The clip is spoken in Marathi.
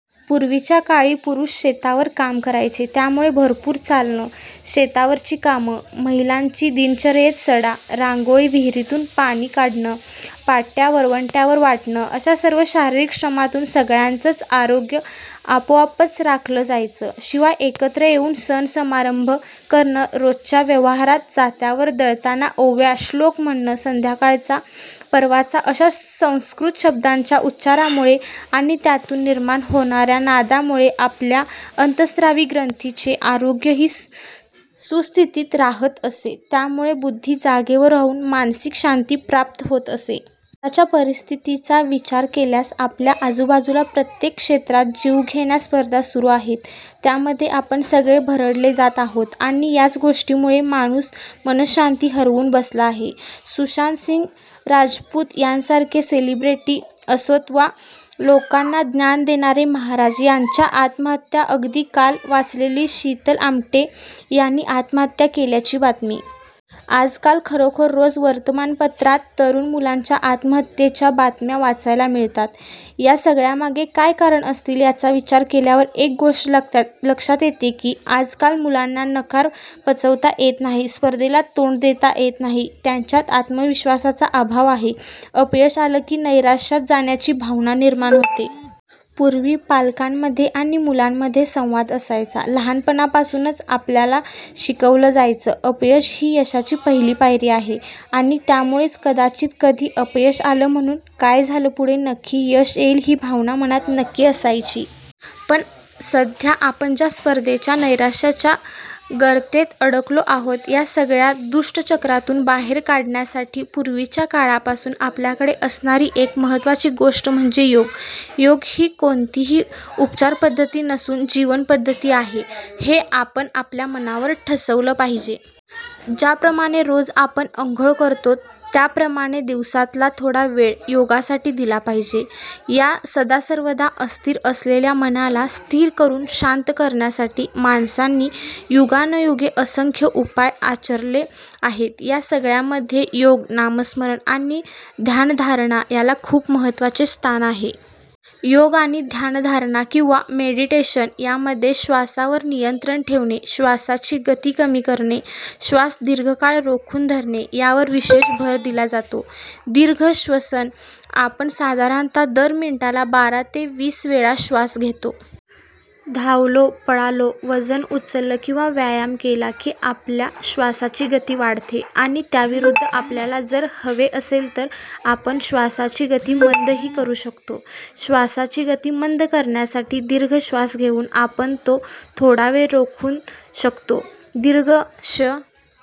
पूर्वीच्या काळी पुरुष शेतावर काम करायचे त्यामुळे भरपूर चालणं, शेतावरची कामं, महिलांचा दिनचर्येत सडा, रांगोळी, विहिरीतून पाणी काढणं, पा ट्या – वरवंट्यावर वाटणं अशा सर्व शारीरिक श्रमांतून सगळ्यांच आरोग्य आपोआपच राखलं जायचं. शिवाय एकत्र येऊन सण समारंभ करणं, रोजच्या व्यवहारात जात्यावर दळताना ओव्या, श्लोक म्हणणं संध्याकाळचा पर्वचा अशा संस्कृत शब्दांच्या उच्चारामुळे आणि त्यातून निर्माण होणाऱ्या नादामुळे आपल्या अंत: स्रावी ग्रंथीं चे आरोग्यही सुस्थितीत राहात असे, त्यामुळे बुद्धी जागेवर राहून मानसिक शांती प्राप्त होत असे. आत्ताच्या परिस्थितीचा विचार केल्यास आपल्या आजूबाजूला प्रत्येक क्षेत्रात जीवघेण्या स्पर्धा सुरू आहेत त्यामध्ये आपण सगळे भरडले जात आहोत आणि याच गोष्टींमुळे माणूस मनःशांती हरवून बसला आहे. सुशांत सिंग राजपूत सारखे सेलिब्रिटी असोत व लोकांना ज्ञान देणारे महाराज यांच्या आत्महत्या अगदी काल वाचलेली शीतल आमटे यांनी आत्महत्या केल्याची बातमी. आजकाल खरोखर रोज वर्तमानपत्रांत तरुण मुलांच्या आत्महत्येच्या बातम्या वाचायला मिळतात. या सगळ्यामागे काय कारणं असतील याचा विचार केल्यावर एक गोष्ट लक्षात येते की आजकाल मुलांना नकार पचवता येत नाही, स्पर्धेला तोंड देता येत नाही, त्यांच्यात आत्मविश्वासाचा अभाव आहे, अपयश आलं की नैराश्यात जाण्याची भावना निर्माण होते. पूर्वी पालकांमध्ये आणि मुलांमध्ये संवाद असायचा, लहानपणापासूनच आपल्याला शिकवलं जायचं – अपयश ही यशाची पहिली पायरी आहे आणि त्यामुळेच कदाचित कधी अपयश आलं म्हणून काय झालं, पुढे नक्की यश येईल ही भावना मनात नक्की असायची. पण सध्या आपण ज्या स्पर्धेच्या, नैराश्याच्या गर्तेत अडकलो आहोत, या सगळ्या दुष्टचक्रातून बाहेर काढण्यासाठी पूर्वीच्या काळापासून आपल्याकडे असणारी एक महत्त्वाची गोष्ट म्हणजे योग. योग ही कोणतीही उपचार पध्दती नसून जीवनपद्धती आहे हे आपण आपल्या मनावर ठसवल पाहिजे. ज्याप्रमाणे रोज आपण अंघोळ करतो त्याप्रमाणे दिवसातला थोडा वेळ योगासाठी दिला पाहिजे. या सदासर्वदा अस्थिर असलेल्या मनाला स्थिर करून शांत करण्यासाठी माणसांनी युगानयुगे असंख्य उपाय आचरले आहेत या सगळ्यामध्ये योग, नामस्मरण आणि ध्यानधारणा याला खूप महत्त्वाचे स्थान आहे. योग आणि ध्यानधारणा किंवा मेडिटेशन यामध्ये श्वासावर नियंत्रण ठेवणे श्वासाची गती कमी करणे, श्वास दीर्घकाळ रोखून धरणे यावर विशेष भर दिला जातो. दीर्घ श्वसन – आपण साधारणतः दर मिनिटाला बारा ते वीस वेळा श्वास घेतो. धावलो, पळालो, वजन उचललं किंवा व्यायाम केला की आपल्या श्वासाची गती वाढते. आणि त्याविरुद्ध आपल्याला जर हवे असेल तर आपण श्वासाची गती मंदही करु शकतो. श्वासाची गती मंद करण्यासाठी दीर्घ श्वास घेऊन आपण तो थोडावेळ रोखू शकतो. दीर्घ श्